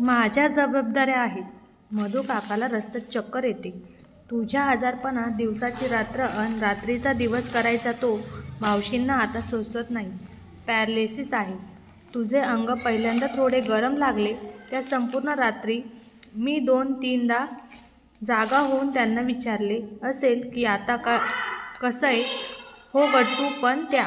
माझ्या जबाबदार्या आहेत. मधूकाकाला रस्त्यात चक्कर येते. तुझ्या आजारपणात दिवसाची रात्र अन रात्रीचा दिवस करायचा तो मावशींना आता सोसत नाही. पॅरलिसीस आहे. तुझे अंग पहिल्यांदा थोडे गरम लागले त्या संपूर्ण रात्री मी दोन तीनदा जागा होऊन त्यांना विचारले असेल की आता कसाय हो गट्टू पण त्या?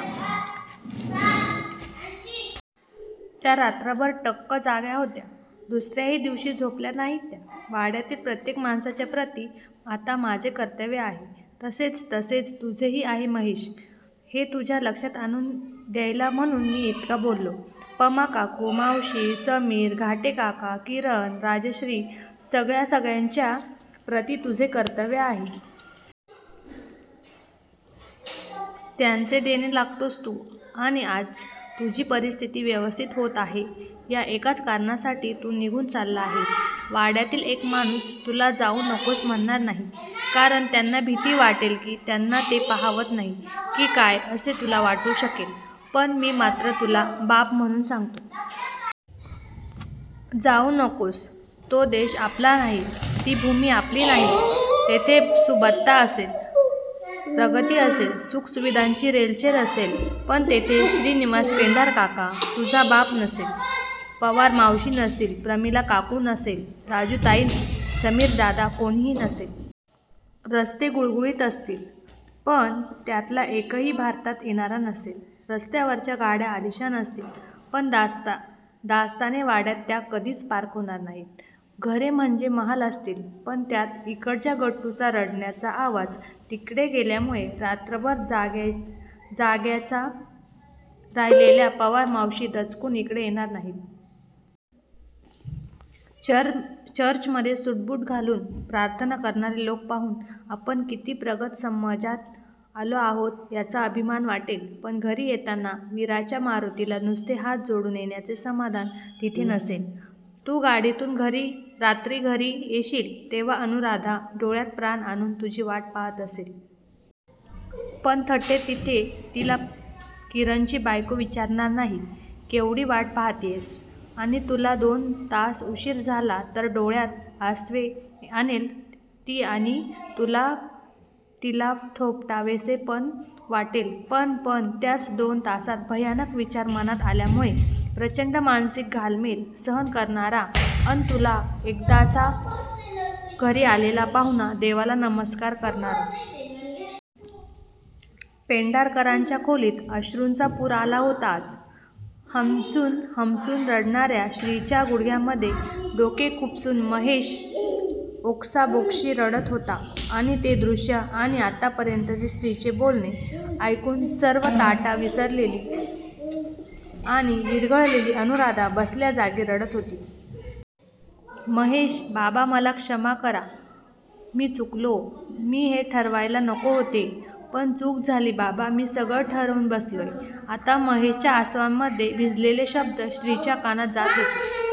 त्या रात्रभर टक्क जाग्या होत्या. दुसर्याही दिवशी झोपल्या नाहीत त्या! वाड्यातील प्रत्येक माणसाच्या प्रती आता माझे कर्तव्य आहे. तसेच तसेच तुझेही आहे महेश. हे तुझ्या लक्षात आणून द्यायला म्हणून मी इतका बोललो. पमा काकू, मावशी, समीर, घाटे काका, किरण राजश्री सगळ्या सगळ्यांच्या प्रती तुझे कर्तव्य आहे. त्यांचे देणे लागतोस तू आणि आज तुझी परिस्थिती व्यवस्थित होत आहे या एकाच कारणासाठी तू निघून चालला आहेस. वाड्यातील एक माणूस तुला जाऊ नकोस म्हणणार नाही, कारण त्यांना भीती वाटेल की त्यांना ते पाहावत नाही की काय असे तुला वाटू शकेल पण मी मात्र तुला बाप म्हणून सांगतो. जाऊ नकोस. तो देश आपला नाही. ती भूमी आपली नाही. तेथे सुबत्ता असेल. प्रगती असेल. सुखसुविधांची रेलचेल असेल. पण तेथे श्रीनिवास पेंढारकर. तुझा बाप नसेल. पवार मावशी नसतील. प्रमिला काकू नसेल. राजू ताई समीर दादा कुणीही नसेल. रस्ते गुळगुळीत असतील. पण त्यातला एकही भारतात येणारा नसेल. रस्त्यावरच्या गाड्या आलिशान असतील. पण दास्ताने वाड्यात त्या कधीच पार्क होणार नाहीत. घरे म्हणजे महाल असतील. पण त्यात इकडच्या गट्टूचा रडण्याचा आवाज तिकडे गेल्यामुळे रात्रभर जाग्याच राहिलेल्या पवार मावशी दचकून इकडे येणार नाहीत. चर्चमधे सुटबुट घालून प्रार्थना करणारे लोक पाहून आपण किती प्रगत समजात आलो आहोत याचा अभिमान वाटेल. पण घरी येताना वीराच्या मारुतीला नुसते हात जोडून येण्याचे समाधान तिथे नसेल. तू गाडीतून रात्री घरी येशील तेव्हा अनुराधा डोळ्यात प्राण आणून तुझी वाट पाहात असेल. पण थट्टेत तिथे तिला किरणची बायको विचारणार नाही. केवढी वाट पाहतीयस? आणि तुला दोन तास उशीर झाला तर डोळ्यात आसवे आणेल ती आणि तुला तिला थोपटावेसे पण वाटेल पण पण त्याच दोन तासात भयानक विचार मनात आल्यामुळे प्रचंड मानसिक घालमेल सहन करणारा अन तुला एकदाचा घरी आलेला पाहून देवाला नमस्कार करणारा. पेंढारकरांच्या खोलीत अश्रूंचा पूर आला होता आज! हमसून हमसून रडणार्या श्रीच्या गुडघ्यांमधे डोके खुपसून महेश ओक्साबोक्शी रडत होता आणि ते दृष्य आणि आत्तापर्यंतचे श्रीचे बोलणे ऐकून सर्व ताठा विसरलेली आणि विरघळलेली अनुराधा बसल्या जागी रडत होती. महेश बाबा मला मला क्षमा करा मी चुकलो. मी हे ठरवायला नको होते. पण चूक झाली बाबा मी सगळं ठरवून बसलोय आता महेशच्या आसवांमधे भिजलेले शब्द श्रीच्या कानात जात होते.